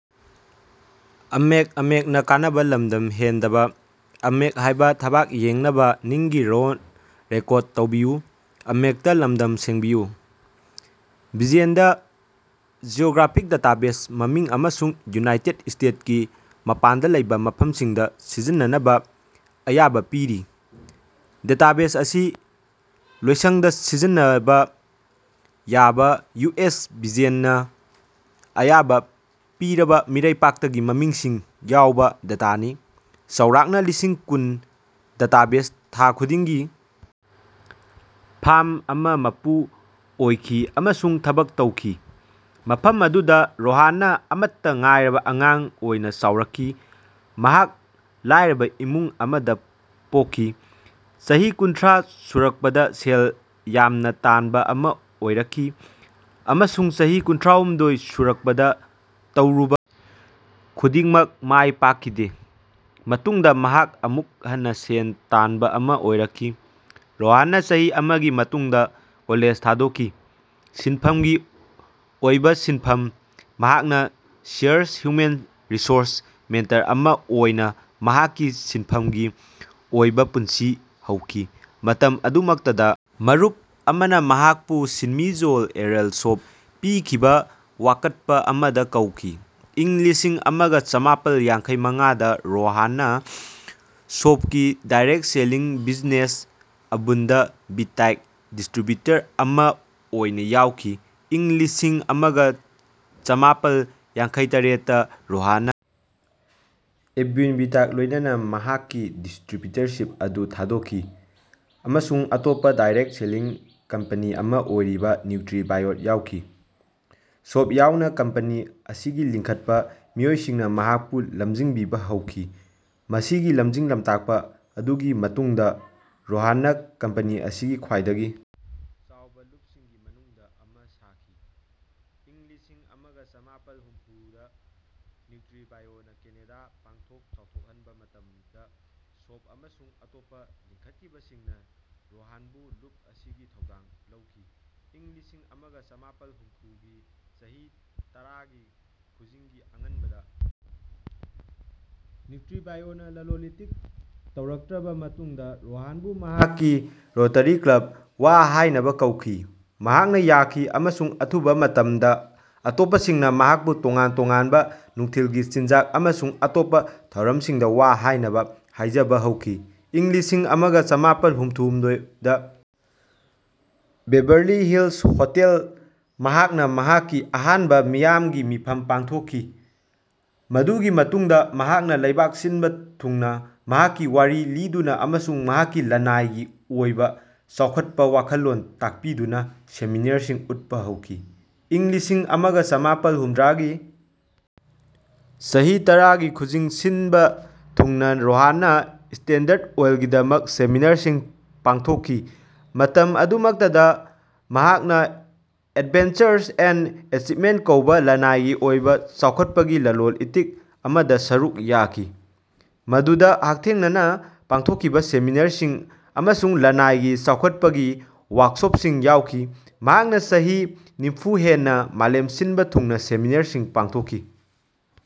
BGN the geographic database ꯃꯃꯤꯡ ꯑꯃꯁꯨꯡ united ꯁ꯭ꯇꯦꯠꯁꯀꯤ ꯃꯄꯥꯟꯗ ꯂꯩꯕ ꯃꯐꯝꯁꯤꯡꯗ ꯁꯤꯖꯤꯟꯅꯕ ꯑꯌꯥꯕ ꯄꯤꯔꯤ꯫ ꯗꯇꯥꯕꯦꯁ ꯑꯁꯤ ꯂꯣꯏꯁꯪꯗ ꯁꯤꯖꯤꯟꯅꯕ ꯌꯥꯕ ꯌꯨꯑꯦꯁ ꯕꯤꯖꯤꯑꯦꯟ ꯅ ꯑꯌꯥꯕ ꯄꯤꯔꯕ ꯃꯤꯔꯩꯄꯥꯛꯇꯒꯤ ꯃꯃꯤꯡꯁꯤꯡ ꯌꯥꯎꯕ ꯗꯥꯇꯥꯅꯤ꯫ ꯆꯧꯔꯥꯛꯅ ꯂꯤꯁꯤꯡꯀꯨꯟ ꯗꯥꯇꯥꯕꯦꯁ ꯊꯥ ꯈꯨꯗꯤꯡꯒꯤ ꯐꯥꯔ꯭ꯝ ꯑꯃ ꯃꯄꯨ ꯑꯣꯏꯈꯤ ꯑꯃꯁꯨꯡ ꯊꯕꯛ ꯇꯧꯈꯤ꯫ ꯃꯐꯝ ꯑꯗꯨꯗ ꯔꯣꯍꯟꯅ ꯑꯃꯠꯇ ꯉꯥꯏꯔꯕ ꯑꯉꯥꯡ ꯑꯣꯏꯅ ꯆꯥꯎꯔꯛꯈꯤ꯫ ꯃꯍꯥꯛ ꯂꯥꯏꯔꯕ ꯏꯃꯨꯡ ꯑꯃꯗ ꯄꯣꯛꯈꯤ, ꯆꯍꯤ ꯀꯨꯟꯊ꯭ꯔꯥ ꯁꯨꯔꯛꯄꯗ ꯁꯦꯜ ꯌꯥꯝꯅ ꯇꯥꯟꯕ ꯑꯃ ꯑꯣꯏꯔꯛꯈꯤ, ꯑꯃꯁꯨꯡ ꯆꯍꯤ ꯀꯨꯟꯊ꯭ꯔꯥꯍꯨꯝꯗꯣꯏ ꯁꯨꯔꯛꯄꯗ ꯇꯧꯔꯨꯕ ꯈꯨꯗꯤꯡ ꯃꯥꯏꯄꯥꯛꯈꯤꯗꯦ꯫ ꯃꯇꯨꯡꯗ ꯃꯍꯥꯛ ꯑꯃꯨꯛ ꯍꯟꯅ ꯁꯦꯜ ꯇꯥꯟꯕ ꯑꯃ ꯑꯣꯏꯔꯛꯈꯤ꯫ ꯔꯣꯍꯟꯅ ꯆꯍꯤ ꯑꯃꯒꯤ ꯃꯇꯨꯡꯗ ꯀꯣꯂꯦꯖ ꯊꯥꯗꯣꯛꯈꯤ꯫ ꯁꯤꯟꯐꯝꯒꯤ ꯑꯣꯏꯕ ꯁꯤꯟꯐꯝ ꯃꯍꯥꯛꯅ ꯁꯤꯌꯔꯁ ꯍ꯭ꯌꯨꯃꯦꯟ ꯔꯤꯁꯣꯔꯁ ꯃꯦꯟꯇꯔ ꯑꯃ ꯑꯣꯏꯅ ꯃꯍꯥꯛꯀꯤ ꯁꯤꯟꯐꯝꯒꯤ ꯑꯣꯏꯕ ꯄꯨꯟꯁꯤ ꯍꯧꯈꯤ꯫ ꯃꯇꯝ ꯑꯗꯨꯃꯛꯇꯗ, ꯃꯔꯨꯞ ꯑꯃꯅ ꯃꯍꯥꯛꯄꯨ ꯁꯤꯟꯃꯤ ꯖꯣꯟ ꯑꯦꯔꯜ ꯁꯣꯐ ꯄꯤꯈꯤꯕ ꯋꯥꯀꯠꯄ ꯑꯃꯗ ꯀꯧꯈꯤ꯫ ꯏꯪ ꯂꯤꯁꯤꯡ ꯑꯃꯒ ꯆꯃꯥꯄꯜ ꯌꯥꯡꯈꯩꯃꯉꯥꯗ ꯔꯣꯍꯟꯅ ꯁꯣꯐꯀꯤ ꯗꯥꯏꯔꯦꯛ ꯁꯦꯂꯤꯡ ꯕꯤꯖꯤꯅꯦꯁ ꯑꯕꯨꯟꯗ ꯚꯤꯇꯥꯗ ꯗꯤꯁꯇ꯭ꯔꯤꯕ꯭ꯌꯨꯇꯔ ꯑꯃ ꯑꯣꯏꯅ ꯌꯥꯎꯈꯤ꯫ ꯏꯪ ꯂꯤꯁꯤꯡ ꯑꯃꯒ ꯆꯃꯥꯄꯜ ꯌꯥꯡꯈꯩꯇꯔꯦꯠꯇꯥ ꯔꯣꯍꯟꯅ ꯑꯕꯨꯟꯗ ꯚꯤꯇꯥꯒ ꯂꯣꯏꯅꯅ ꯃꯍꯥꯛꯀꯤ ꯗꯤꯁꯇ꯭ꯔꯤꯕ꯭ꯌꯨꯇꯔꯁꯤꯞ ꯑꯗꯨ ꯊꯥꯗꯣꯛꯈꯤ ꯑꯃꯁꯨꯡ ꯑꯇꯣꯞꯄ ꯗꯥꯏꯔꯦꯛꯠ ꯁꯦꯂꯤꯡ ꯀꯝꯄꯅꯤ ꯑꯃ ꯑꯣꯏꯔꯤꯕ ꯅ꯭ꯌꯨꯇ꯭ꯔꯤ-ꯕꯥꯏꯌꯣꯗ ꯌꯥꯎꯈꯤ꯫ ꯁꯣꯐ ꯌꯥꯎꯅ ꯀꯝꯄꯅꯤ ꯑꯁꯤꯒꯤ ꯂꯤꯡꯈꯠꯄ ꯃꯤꯑꯣꯏꯁꯤꯡꯅ ꯃꯍꯥꯛꯄꯨ ꯂꯝꯖꯤꯡꯕꯤꯕ ꯍꯧꯈꯤ꯫ ꯃꯁꯤꯒꯤ ꯂꯝꯖꯤꯡ-ꯂꯝꯇꯥꯛꯄ ꯑꯗꯨꯒꯤ ꯃꯇꯨꯡꯗ ꯔꯣꯍꯟꯅ ꯀꯝꯄꯅꯤ ꯑꯁꯤꯒꯤ ꯈ꯭ꯋꯥꯏꯗꯒꯤ ꯆꯥꯎꯕ ꯂꯨꯞꯁꯤꯡꯒꯤ ꯃꯅꯨꯡꯗ ꯑꯃ ꯁꯥꯈꯤ꯫ ꯏꯪ ꯂꯤꯁꯤꯡ ꯑꯃꯒ ꯆꯃꯥꯄꯜ ꯍꯨꯝꯐꯨꯗ ꯅ꯭ꯌꯨꯇ꯭ꯔꯤ-ꯕꯥꯏꯌꯣꯅ ꯀꯦꯅꯗꯥ ꯄꯥꯛꯊꯣꯛ ꯆꯥꯎꯊꯣꯛꯍꯟꯕ ꯃꯇꯝꯗ ꯁꯣꯐ ꯑꯃꯁꯨꯡ ꯑꯇꯣꯞꯄ ꯂꯤꯡꯈꯠꯈꯤꯕꯁꯤꯡꯅ ꯔꯣꯍꯟꯕꯨ ꯂꯨꯞ ꯑꯁꯤꯒꯤ ꯊꯧꯗꯥꯡ ꯂꯧꯈꯤ꯫ ꯏꯪ ꯂꯤꯁꯤꯡ ꯑꯃꯒ ꯆꯃꯥꯄꯜ ꯍꯨꯝꯐꯨꯒꯤ ꯆꯍꯤ ꯇꯔꯥꯒꯤ ꯈꯨꯖꯤꯡꯒꯤ ꯑꯉꯟꯕꯗ ꯅ꯭ꯌꯨꯇ꯭ꯔꯤ-ꯕꯥꯏꯌꯣꯅ ꯂꯂꯣꯟ-ꯏꯇꯤꯛ ꯇꯧꯔꯛꯇ꯭ꯔꯕ ꯃꯇꯨꯡꯗ ꯔꯣꯍꯟꯕꯨ ꯃꯍꯥꯛꯀꯤ ꯔꯣꯇꯔꯤ ꯀ꯭ꯂꯕ ꯋꯥ ꯍꯥꯏꯅꯕ ꯀꯧꯈꯤ꯫ ꯃꯍꯥꯛꯅ ꯌꯥꯈꯤ, ꯑꯃꯁꯨꯡ ꯑꯊꯨꯕ ꯃꯇꯝꯗ ꯑꯇꯣꯞꯄꯁꯤꯡꯅ ꯃꯍꯥꯛꯄꯨ ꯇꯣꯉꯥꯟ-ꯇꯣꯉꯥꯟꯕ ꯅꯨꯡꯊꯤꯜꯒꯤ ꯆꯤꯟꯖꯥꯛ ꯑꯃꯁꯨꯡ ꯑꯇꯣꯞꯄ ꯊꯧꯔꯝꯁꯤꯡꯗ ꯋꯥ ꯍꯥꯏꯅꯕ ꯍꯥꯏꯖꯕ ꯍꯧꯈꯤ꯫ ꯏꯪ ꯂꯤꯁꯤꯡ ꯑꯃꯒ ꯆꯃꯥꯄꯜ ꯍꯨꯝꯐꯨꯍꯨꯝꯗꯣꯏꯗ ꯕꯦꯕꯔꯂꯤ ꯍꯤꯜꯁ ꯍꯣꯇꯦꯜ ꯃꯍꯥꯛꯅ ꯃꯍꯥꯛꯀꯤ ꯑꯍꯥꯟꯕ ꯃꯤꯌꯥꯝꯒꯤ ꯃꯤꯐꯝ ꯄꯥꯡꯊꯣꯛꯈꯤ꯫ ꯃꯗꯨꯒꯤ ꯃꯇꯨꯡꯗ ꯃꯍꯥꯛꯅ ꯂꯩꯕꯥꯛ ꯁꯤꯟꯕ ꯊꯨꯡꯅ ꯃꯍꯥꯛꯀꯤ ꯋꯥꯔꯤ ꯂꯤꯗꯨꯅ ꯑꯃꯁꯨꯡ ꯃꯍꯥꯛꯀꯤ ꯂꯅꯥꯏꯒꯤ ꯑꯣꯏꯕ ꯆꯥꯎꯈꯠꯄ ꯋꯥꯈꯜꯂꯣꯟ ꯇꯥꯛꯄꯤꯗꯨꯅ ꯁꯦꯃꯤꯅꯥꯔꯁꯤꯡ ꯎꯠꯄ ꯍꯧꯈꯤ꯫ ꯏꯪ ꯂꯤꯁꯤꯡ ꯑꯃꯒ ꯆꯃꯥꯄꯜ ꯍꯨꯝꯗ꯭ꯔꯥꯒꯤ ꯆꯍꯤ ꯇꯔꯥꯒꯤ ꯈꯨꯖꯤꯡ ꯁꯤꯟꯕ ꯊꯨꯡꯅ ꯔꯣꯍꯟꯅ ꯁ꯭ꯇꯦꯟꯗ꯭ꯔꯠ ꯑꯣꯏꯜꯒꯤꯗꯃꯛ ꯁꯦꯃꯤꯅꯥꯔꯁꯤꯡ ꯄꯥꯡꯊꯣꯛꯈꯤ꯫ ꯃꯇꯝ ꯑꯗꯨꯃꯛꯇꯗ ꯃꯍꯥꯛꯅ ꯑꯦꯗꯚꯦꯟꯆꯔꯁ ꯏꯟ ꯑꯦꯆꯤꯚꯃꯦꯟꯠ ꯀꯧꯕ ꯂꯅꯥꯏꯒꯤ ꯑꯣꯏꯕ ꯆꯥꯎꯈꯠꯄꯒꯤ ꯂꯂꯣꯟ-ꯏꯇꯤꯛ ꯑꯃꯗ ꯁꯔꯨꯛ ꯌꯥꯈꯤ, ꯃꯗꯨꯗ ꯍꯛꯊꯦꯡꯅꯅ ꯄꯥꯡꯊꯣꯛꯈꯤꯕ ꯁꯦꯃꯤꯅꯥꯔꯁꯤꯡ ꯑꯃꯁꯨꯡ ꯂꯅꯥꯏꯒꯤ ꯆꯥꯎꯈꯠꯄꯒꯤ ꯋꯥꯔꯛꯁꯣꯞꯁꯤꯡ ꯌꯥꯎꯈꯤ꯫ ꯃꯍꯥꯛꯅ ꯆꯍꯤ ꯅꯤꯐꯨ ꯍꯦꯟꯅ ꯃꯥꯂꯦꯝ ꯁꯤꯟꯕ ꯊꯨꯡꯅ ꯁꯦꯃꯤꯅꯥꯔꯁꯤꯡ ꯄꯥꯡꯊꯣꯛꯈꯤ꯫